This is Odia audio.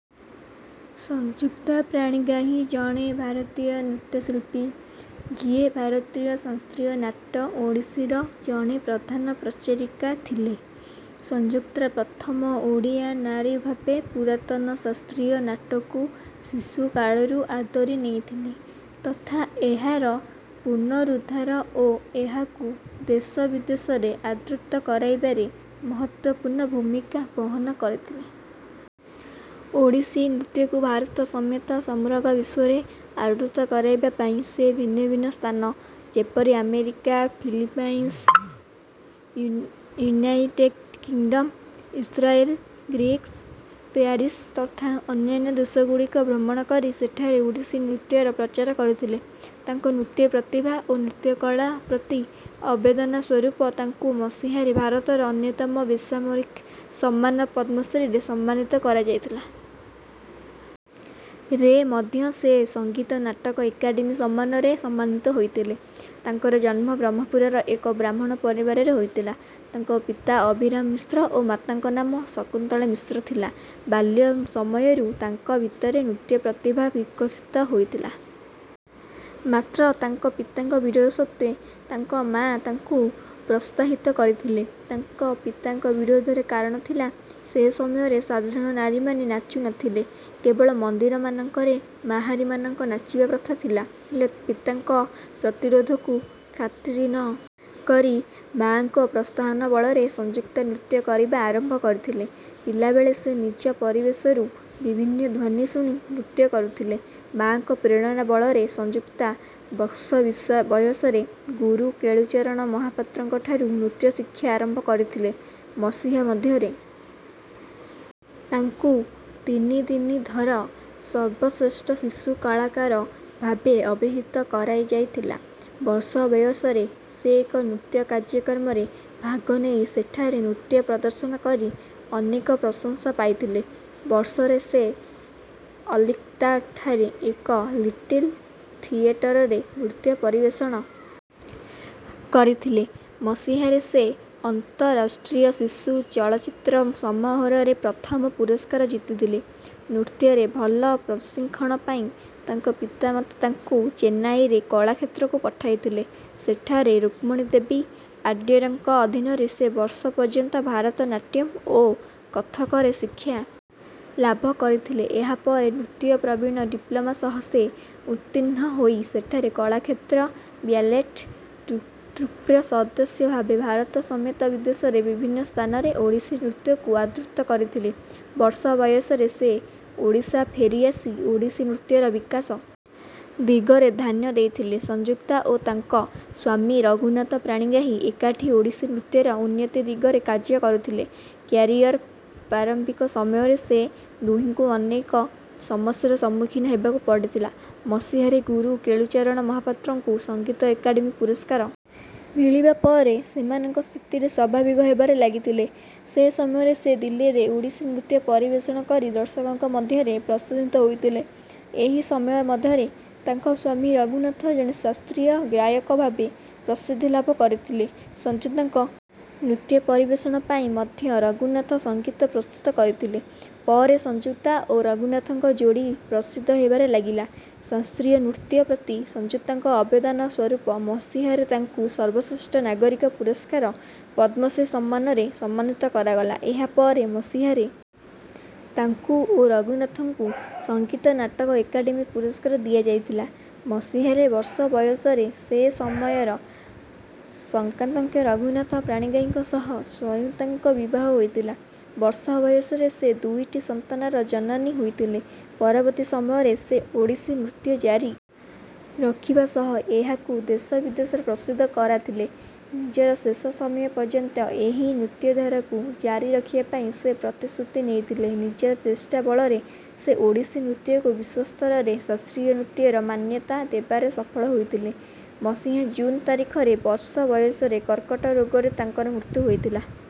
ସଂଯୁକ୍ତା ପାଣିଗ୍ରାହୀ ଜଣେ ଭାରତୀୟ ନୃତ୍ୟଶିଳ୍ପୀ, ଯିଏ ଭାରତୀୟ ଶାସ୍ତ୍ରୀୟ ନାଟ ଓଡ଼ିଶୀର ଜଣେ ପ୍ରଧାନ ପ୍ରଚାରିକା ଥିଲେ। ସଂଯୁକ୍ତା ପ୍ରଥମ ଓଡ଼ିଆ ନାରୀଭାବେ ପୁରାତନ ଶାସ୍ତ୍ରୀୟ ନାଟକୁ ଶିଶୁକାଳରୁ ଆଦରି ନେଇଥିଲେ ତଥା ଏହାର ପୁନରୁଦ୍ଧାର ଓ ଏହାକୁ ଦେଶବିଦେଶରେ ଆଦୃତ କରାଇବାରେ ମହତ୍ତ୍ୱପୂର୍ଣ୍ଣ ଭୂମିକା ବହନ କରିଥିଲେ। ଓଡ଼ିଶୀ ନୃତ୍ୟକୁ ଭାରତ ସମେତ ସମଗ୍ର ବିଶ୍ୱରେ ଆଦୃତ କରାଇବା ପାଇଁ ସେ ଭିନ୍ନ ଭିନ୍ନ ସ୍ଥାନ ଯେପରି America, Philippines, United Kingdom, Israel, Greece, Paris ତଥା ଅନ୍ୟାନ୍ୟ ଦେଶଗୁଡ଼ିକ ଭ୍ରମଣ କରି ସେଠାରେ ଓଡ଼ିଶୀ ନୃତ୍ୟର ପ୍ରଚାର କରିଥିଲେ ତାଙ୍କ ନୃତ୍ୟ ପ୍ରତିଭା ଓ ନୃତ୍ୟକଳା ପ୍ରତି ଅବଦାନ ସ୍ୱରୁପ ତାଙ୍କୁ ମସିହାରେ ଭାରତର ଅନ୍ୟତମ ବେସାମରିକ ସମ୍ମାନ ପଦ୍ମଶ୍ରୀରେ ସମ୍ମାନିତ କରାଯାଇଥିଲା। ରେ ମଧ୍ୟ ସେ ସଙ୍ଗୀତ ନାଟକ ଏକାଡେମୀ ସମ୍ମାନରେ ସମ୍ମାନିତ ହୋଇଥିଲେ। ତାଙ୍କର ଜନ୍ମ ବ୍ରହ୍ମପୁରର ଏକ ବ୍ରାହ୍ମଣ ପରିବାରରେ ହୋଇଥିଲା। ତାଙ୍କ ପିତା ଅଭିରାମ ମିଶ୍ର ଓ ମାତାଙ୍କ ନାମ ଶକୁନ୍ତଳା ମିଶ୍ର ଥିଲା। ବାଲ୍ୟ ସମୟରୁ ତାଙ୍କ ଭିତରେ ନୃତ୍ୟ ପ୍ରତିଭା ବିକଶିତ ହୋଇଥିଲା। ମାତ୍ର ତାଙ୍କ ପିତାଙ୍କ ବିରୋଧ ସତ୍ତ୍ୱେ ତାଙ୍କ ମା ତାଙ୍କୁ ପ୍ରୋତ୍ସାହିତ କରିଥିଲେ। ତାଙ୍କ ପିତାଙ୍କ ବିରୋଧର କାରଣ ଥିଲା, ସେ ସମୟରେ ସାଧାରଣ ନାରୀମାନେ ନାଚୁ ନଥିଲେ। କେବଳ ମନ୍ଦିରମାନଙ୍କରେ ମାହାରୀ ମାନଙ୍କ ନାଚିବା ପ୍ରଥା ଥିଲା। ହେଲେ ପିତାଙ୍କ ପ୍ରତିରୋଧକୁ ଖାତିର ନ କରି ମା'ଙ୍କ ପ୍ରୋତ୍ସାହନ ବଳରେ ସଂଯୁକ୍ତା ନୃତ୍ୟ କରିବା ଆରମ୍ଭ କରିଥିଲେ ପିଲାବେଳେ ସେ ନିଜ ପରିବେଶରୁ ବିଭିନ୍ନ ଧ୍ୱନୀ ଶୁଣି ନୃତ୍ୟ କରୁଥିଲେ ମା'ଙ୍କ ପ୍ରେରଣା ବଳରେ ସଂଯୁକ୍ତା ବର୍ଷ ବୟସରେ ଗୁରୁ କେଳୁଚରଣ ମହାପାତ୍ରଙ୍କଠାରୁ ନୃତ୍ୟ ଶିକ୍ଷା ଆରମ୍ଭ କରିଥିଲେ ମସିହା ମଧ୍ୟରେ ତାଙ୍କୁ ତିନି ତିନି ଥର ସର୍ବଶ୍ରେଷ୍ଠ ଶିଶୁ କଳାକାର ଭାବେ ଅଭିହୀତ କରାଯାଇଥିଲା ବର୍ଷ ବୟସରେ ସେ ଏକ ନୃତ୍ୟ କାର୍ଯ୍ୟକ୍ରମରେ ଭାଗ ନେଇ ସେଠାରେ ନୃତ୍ୟ ପ୍ରଦର୍ଶନ କରି ଅନେକ ପ୍ରଶଂସା ପାଇଥିଲେ ବର୍ଷରେ ସେ କଲିକତାଠାରେ ଏକ ଲିଟିଲ୍ ଥିଏଟରରେ ନୃତ୍ୟ ପରିବେଷଣ କରିଥିଲେ ମସିହାରେ ସେ ଅନ୍ତରାଷ୍ଟ୍ରୀୟ ଶିଶୁ ଚଳଚ୍ଚିତ୍ର ସମାରୋହରେ ପ୍ରଥମ ପୁରସ୍କାର ଜିତିଥିଲେ ନୃତ୍ୟରେ ଭଲ ପ୍ରଶିଁକ୍ଷଣ ପାଇଁ ତାଙ୍କ ପିତା-ମାତା ତାଙ୍କୁ ଚେନ୍ନାଇରେ କଳାକ୍ଷତ୍ରକୁ ପଠାଇଥିଲେ ସେଠାରେ ରୁକ୍ମଣୀ ଦେବୀ ଆଡ୍ୟାରଙ୍କ ଅଧିନରେ ସେ ବର୍ଷ ପର୍ଯ୍ୟନ୍ତ ଭାରତ ନାଟ୍ୟମ୍ ଓ କଥକରେ ଶିକ୍ଷା ଲାଭ କରିଥିଲେ ଏହାପରେ ନୃତ୍ୟ ପ୍ରବିଣ ଡିପ୍ଲୋମା ସହ ସେ ଉର୍ତ୍ତୀଣ୍ଣ ହୋଇ ସେଠାରେ କଳାକ୍ଷେତ୍ର ବ୍ୟାଲେଟ୍ ଟ୍ରୁପ୍ର ସଦସ୍ୟ ଭାବେ ଭାରତ ସମେତ ବିଦେଶର ବିଭିନ୍ନ ସ୍ଥାନରେ ଓଡ଼ିଶୀ ନୃତ୍ୟକୁ ଆଦୃତ କରିଥିଲେ ବର୍ଷ ବୟସରେ ସେ ଓଡ଼ିଶା ଫେରିଆସି ଓଡ଼ିଶୀ ନୃତ୍ୟର ବିକାଶ ଦିଗରେ ଧ୍ୟାନ ଦେଇଥିଲେ ସଂଯୁକ୍ତା ଓ ତାଙ୍କ ସ୍ୱାମୀ ରଘୁନାଥ ପାଣିଗ୍ରାହୀ ଏକାଠି ଓଡ଼ିଶୀ ନୃତ୍ୟର ଉନ୍ନତି ଦିଗରେ କାର୍ଯ କରିଥିଲେ କ୍ୟାରିଅର୍ର ପ୍ରାରମ୍ଭିକ ସମୟରେ ସେ ଦୁହିଁଙ୍କୁ ଅନେକ ସମସ୍ୟାର ସମ୍ମୁଖୀନ ହେବାକୁ ପଡିଥିଲା ମସିହାରେ ଗୁରୁ କେଳୁଚରଣ ମହାପାତ୍ରଙ୍କୁ ସଂଗୀତ ଏକାଡେମୀ ପୁରସ୍କାର ମିଳିବା ପରେ ସେମାନଙ୍କ ସ୍ଥିତିରେ ସ୍ୱାଭାବିକ ହେବାରେ ଲାଗିଥିଲା ସେ ସମୟରେ ସେ ଦିଲ୍ଲୀରେ ଓଡ଼ିଶୀ ନୃତ୍ୟ ପରିବେଷଣ କରି ଦର୍ଶକଙ୍କ ମଧ୍ୟରେ ପ୍ରଂଶସିତ ହୋଇଥିଲେ ଏହି ସମୟ ମଧ୍ୟରେ ତାଙ୍କ ସ୍ୱାମୀ ରଘୁନାଥ ଜଣେ ଶାସ୍ତ୍ରୀୟ ଗାୟକ ଭାବେ ପ୍ରସିଦ୍ଧି ଲାଭ କରିଥିଲେ ସଂଯୁକ୍ତାଙ୍କ ନୃତ୍ୟ ପରିବେଷଣ ପାଇଁ ମଧ୍ୟ ରଘୁନାଥ ସଙ୍ଗୀତ ପ୍ରସ୍ତୁତ କରୁଥିଲେ ପରେ ସଂଯୁକ୍ତା ଓ ରଘୁନାଥଙ୍କ ଯୋଡି ପ୍ରସିଦ୍ଧ ହେବାରେ ଲାଗିଲା ଶାସ୍ତ୍ରୀୟ ନୃତ୍ୟ ପ୍ରତି ସଂଯୁକ୍ତାଙ୍କ ଅବଦାନ ସ୍ୱରୂପ ମସିହାରେ ତାଙ୍କୁ ସର୍ବଶ୍ରେଷ୍ଠ ନାଗରିକ ପୁରସ୍କାର, ପଦ୍ମଶ୍ରୀ ସମ୍ମାନରେ ସମ୍ମାନିତ କରାଗଲା ଏହାପରେ ମସିହାରେ ତାଙ୍କୁ ଓ ରଘୁନାଥଙ୍କୁ ସଙ୍ଗୀତ ନାଟକ ଏକାଡେମୀ ପୁରସ୍କାର ଦିଆଯାଇଥିଲା ମସିହାରେ ବର୍ଷ ବୟସରେ ସେ ସମୟର ସଙ୍ଗାତଜ୍ଞ ରଘୁନାଥ ପାଣିଗ୍ରାହୀଙ୍କ ସହ ସଂୟୁକ୍ତାଙ୍କ ବିବାହ ହୋଇଥିଲା ବର୍ଷ ବୟସରେ ସେ ଦୁଇଟି ସନ୍ତାନର ଜନନୀ ହୋଇଥିଲେ ପରବର୍ତ୍ତୀ ସମୟରେ ସେ ଓଡ଼ିଶୀ ନୃତ୍ୟ ଜାରି ରଖିବା ସହ ଏହାକୁ ଦେଶ ବିଦେଶରେ ପ୍ରସିଦ୍ଧ କରାଥିଲେ ନିଜର ଶେଷ ସମୟ ପର୍ଯ୍ୟନ୍ତ ଏହି ନୃତ୍ୟଧାରାକୁ ଜାରି ରଖିବା ପାଇଁ ସେ ପ୍ରତିଶ୍ରୁତି ନେଇଥିଲେ ନିଜର ଚେଷ୍ଟା ବଳରେ ସେ ଓଡ଼ିଶୀ ନୃତ୍ୟକୁ ବିଶ୍ୱସ୍ତରରେ ଶାସ୍ତ୍ରୀୟ ନୃତ୍ୟର ମାନ୍ୟତା ଦେବାରେ ସଫଳ ହୋଇଥିଲେ ମସିହା ଜୁନ୍ ତାରିଖରେ ବର୍ଷ ବୟସରେ କର୍କଟ ରୋଗରେ ତାଙ୍କର ମୃତ୍ୟୁ ହୋଇଥିଲା।